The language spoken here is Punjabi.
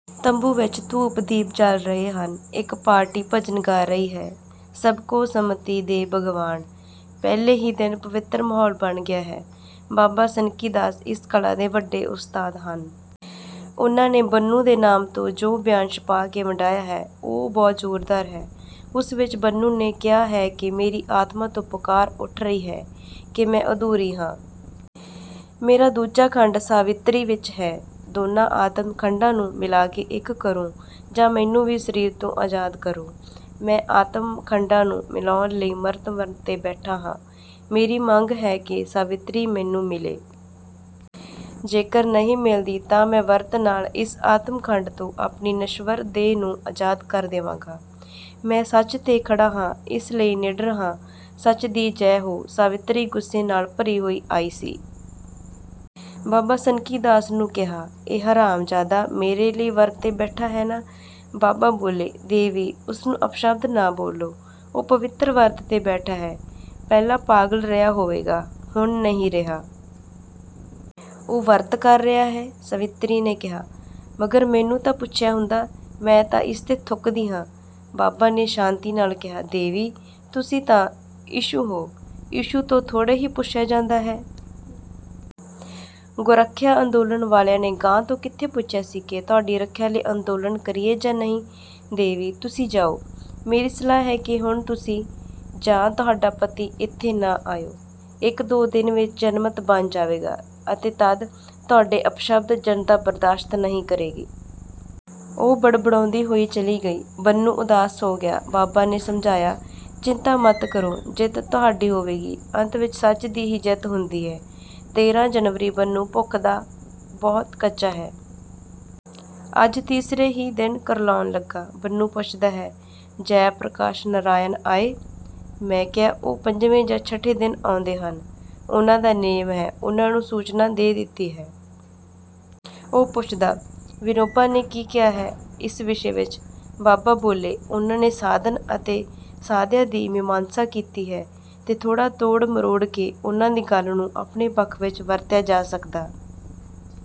ਤੰਬੂ ਵਿੱਚ ਧੂਪ -ਦੀਪ ਜਲ ਰਹੇ ਹਨ। ਇੱਕ ਪਾਰਟੀ ਭਜਨ ਗਾ ਰਹੀ ਹੈ । ਸਭ ਕੋ ਸੰਮਤੀ ਦੇ ਭਗਵਾਨ! ਪਹਿਲੇ ਹੀ ਦਿਨ ਪਵਿਤਰ ਮਾਹੌਲ ਬਣ ਗਿਆ ਹੈ। ਬਾਬਾ ਸਨਕੀਦਾਸ ਇਸ ਕਲਾ ਦੇ ਵੱਡੇ ਉਸਤਾਦ ਹਨ। ਉਨ੍ਹਾਂ ਨੇ ਬੰਨੂ ਦੇ ਨਾਮ ਤੋਂ ਜੋ ਬਿਆਨ ਛਪਾ ਕੇ ਵੰਡਾਇਆ ਹੈ, ਉਹ ਬਹੁਤ ਜੋਰਦਾਰ ਹੈ। ਉਸ ਵਿੱਚ ਬੰਨੂ ਨੇ ਕਿਹਾ ਹੈ ਕਿ ਮੇਰੀ ਆਤਮਾ ਤੋਂ ਪੁਕਾਰ ਉਠ ਰਹੀ ਹੈ ਕਿ ਮੈਂ ਅਧੂਰੀ ਹਾਂ। ਮੇਰਾ ਦੂਜਾ ਖੰਡ ਸਾਵਿਤਰੀ ਵਿੱਚ ਹੈ। ਦੋਨਾਂ ਆਤਮ ਖੰਡਾਂ ਨੂੰ ਮਿਲਾਕੇ ਇੱਕ ਕਰੋ ਜਾਂ ਮੈਨੂੰ ਵੀ ਸਰੀਰ ਤੋਂ ਅਜ਼ਾਦ ਕਰੋ। ਮੈਂ ਆਤਮ -ਖੰਡਾਂ ਨੂੰ ਮਿਲਾਉਣ ਲਈ ਮਰਨ ਵਰਤ ਤੇ ਬੈਠਾ ਹਾਂ। ਮੇਰੀ ਮੰਗ ਹੈ ਕਿ ਸਾਵਿਤਰੀ ਮੈਨੂੰ ਮਿਲੇ। ਜੇਕਰ ਨਹੀਂ ਮਿਲਦੀ ਤਾਂ ਮੈਂ ਵਰਤ ਨਾਲ ਇਸ ਆਤਮ -ਖੰਡ ਤੋਂ ਆਪਣੀ ਨਸ਼ਵਰ ਦੇਹ ਨੂੰ ਅਜ਼ਾਦ ਕਰ ਦੇਵਾਂਗਾ। ਮੈਂ ਸੱਚ ਤੇ ਖੜਾ ਹਾਂ, ਇਸ ਲਈ ਨਿਡਰ ਹਾਂ। ਸੱਚ ਦੀ ਜੈ ਹੋ! ਸਾਵਿਤਰੀ ਗ਼ੁੱਸੇ ਨਾਲ ਭਰੀ ਹੋਈ ਆਈ ਸੀ। ਬਾਬਾ ਸਨਕੀਦਾਸ ਨੂੰ ਕਿਹਾ, "ਇਹ ਹਰਾਮਜਾਦਾ ਮੇਰੇ ਲਈ ਵਰਤ ਤੇ ਬੈਠਾ ਹੈ ਨਾ? " ਬਾਬਾ ਬੋਲੇ, "ਦੇਵੀ, ਉਸਨੂੰ ਅਪਸ਼ਬਦ ਨਾ ਬੋਲੋ । ਉਹ ਪਵਿਤਰ ਵਰਤ ਤੇ ਬੈਠਾ ਹੈ। ਪਹਿਲਾਂ ਪਾਗਲ ਰਿਹਾ ਹੋਵੇਗਾ। ਹੁਣ ਨਹੀਂ ਰਿਹਾ। ਉਹ ਵਰਤ ਕਰ ਰਿਹਾ ਹੈ। " ਸਾਵਿਤਰੀ ਨੇ ਕਿਹਾ, "ਮਗਰ ਮੈਨੂੰ ਤਾਂ ਪੁੱਛਿਆ ਹੁੰਦਾ। ਮੈਂ ਤਾਂ ਇਸ ਤੇ ਥੁਕਦੀ ਹਾਂ। " ਬਾਬਾ ਨੇ ਸ਼ਾਂਤੀ ਨਾਲ ਕਿਹਾ, "ਦੇਵੀ, ਤੁਸੀਂ ਤਾਂ ਇਸ਼ੂ ਹੋ। ਇਸ਼ੂ ਤੋਂ ਥੋੜ੍ਹੇ ਹੀ ਪੁੱਛਿਆ ਜਾਂਦਾ ਹੈ। ਗੋਰੱਖਿਆ ਅੰਦੋਲਨ ਵਾਲਿਆਂ ਨੇ ਗਾਂ ਤੋਂ ਕਿੱਥੇ ਪੁੱਛਿਆ ਸੀ ਕਿ ਤੁਹਾਡੀ ਰੱਖਿਆ ਲਈ ਅੰਦੋਲਨ ਕਰੀਏ ਜਾਂ ਨਹੀਂ। ਦੇਵੀ, ਤੁਸੀਂ ਜਾਉ। ਮੇਰੀ ਸਲਾਹ ਹੈ ਕਿ ਹੁਣ ਤੁਸੀਂ ਜਾਂ ਤੁਹਾਡਾ ਪਤੀ ਇੱਥੇ ਨਾ ਆਇਉ। ਇੱਕ-ਦੋ ਦਿਨ ਵਿੱਚ ਜਨਮਤ ਬਣ ਜਾਵੇਗਾ ਅਤੇ ਤੱਦ ਤੁਹਾਡੇ ਅਪਸ਼ਬਦ ਜਨਤਾ ਬਰਦਾਸ਼ਤ ਨਹੀਂ ਕਰੇਗੀ। " ਉਹ ਬੜਬੜਾਉਂਦੀ ਹੋਈ ਚੱਲੀ ਗਈ। ਬੰਨੂ ਉਦਾਸ ਹੋ ਗਿਆ। ਬਾਬਾ ਨੇ ਸਮਝਾਇਆ, "ਚਿੰਤਾ ਮਤ ਕਰੋ। ਜਿੱਤ ਤੁਹਾਡੀ ਹੋਵੇਗੀ। ਅੰਤ ਵਿੱਚ ਸੱਚ ਦੀ ਹੀ ਜਿੱਤ ਹੁੰਦੀ ਹੈ। ਤੇਰ੍ਹਾਂ ਜਨਵਰੀ ਬੰਨੂ ਭੁੱਖ ਦਾ ਬਹੁਤ ਕੱਚਾ ਹੈ। ਅੱਜ ਤੀਸਰੇ ਹੀ ਦਿਨ ਕੁਰਲਾਉਣ ਲਗਾ। ਬੰਨੂ ਪੁੱਛਦਾ ਹੈ, "ਜੈ ਪ੍ਰਕਾਸ਼ ਨਰਾਇਣ ਆਏ? " ਮੈਂ ਕਿਹਾ, "ਉਹ ਪੰਜਵੇਂ ਜਾਂ ਛਠੇ ਦਿਨ ਆਉਂਦੇ ਹਨ। ਉਨ੍ਹਾਂ ਦਾ ਨਿਯਮ ਹੈ। ਉਨ੍ਹਾਂ ਨੂੰ ਸੂਚਨਾ ਦੇ ਦਿੱਤੀ ਹੈ। " ਉਹ ਪੁੱਛਦਾ ਹੈ, "ਵਿਨੋਬਾ ਨੇ ਕੀ ਕਿਹਾ ਹੈ ਇਸ ਵਿਸ਼ੇ ਵਿੱਚ? " ਬਾਬਾ ਬੋਲੇ, "ਉਨ੍ਹਾਂ ਨੇ ਸਾਧਨ ਅਤੇ ਸਾਧਿਆ ਦੀ ਮੀਮਾਂਸਾ ਕੀਤੀ ਹੈ, ਤੇ ਥੋੜ੍ਹਾ ਤੋੜ ਮਰੋੜ ਕੇ ਉਨ੍ਹਾਂ ਦੀ ਗੱਲ ਨੂੰ ਆਪਣੇ ਪੱਖ ਵਿੱਚ ਵਰਤਿਆ ਜਾ ਸਕਦਾ।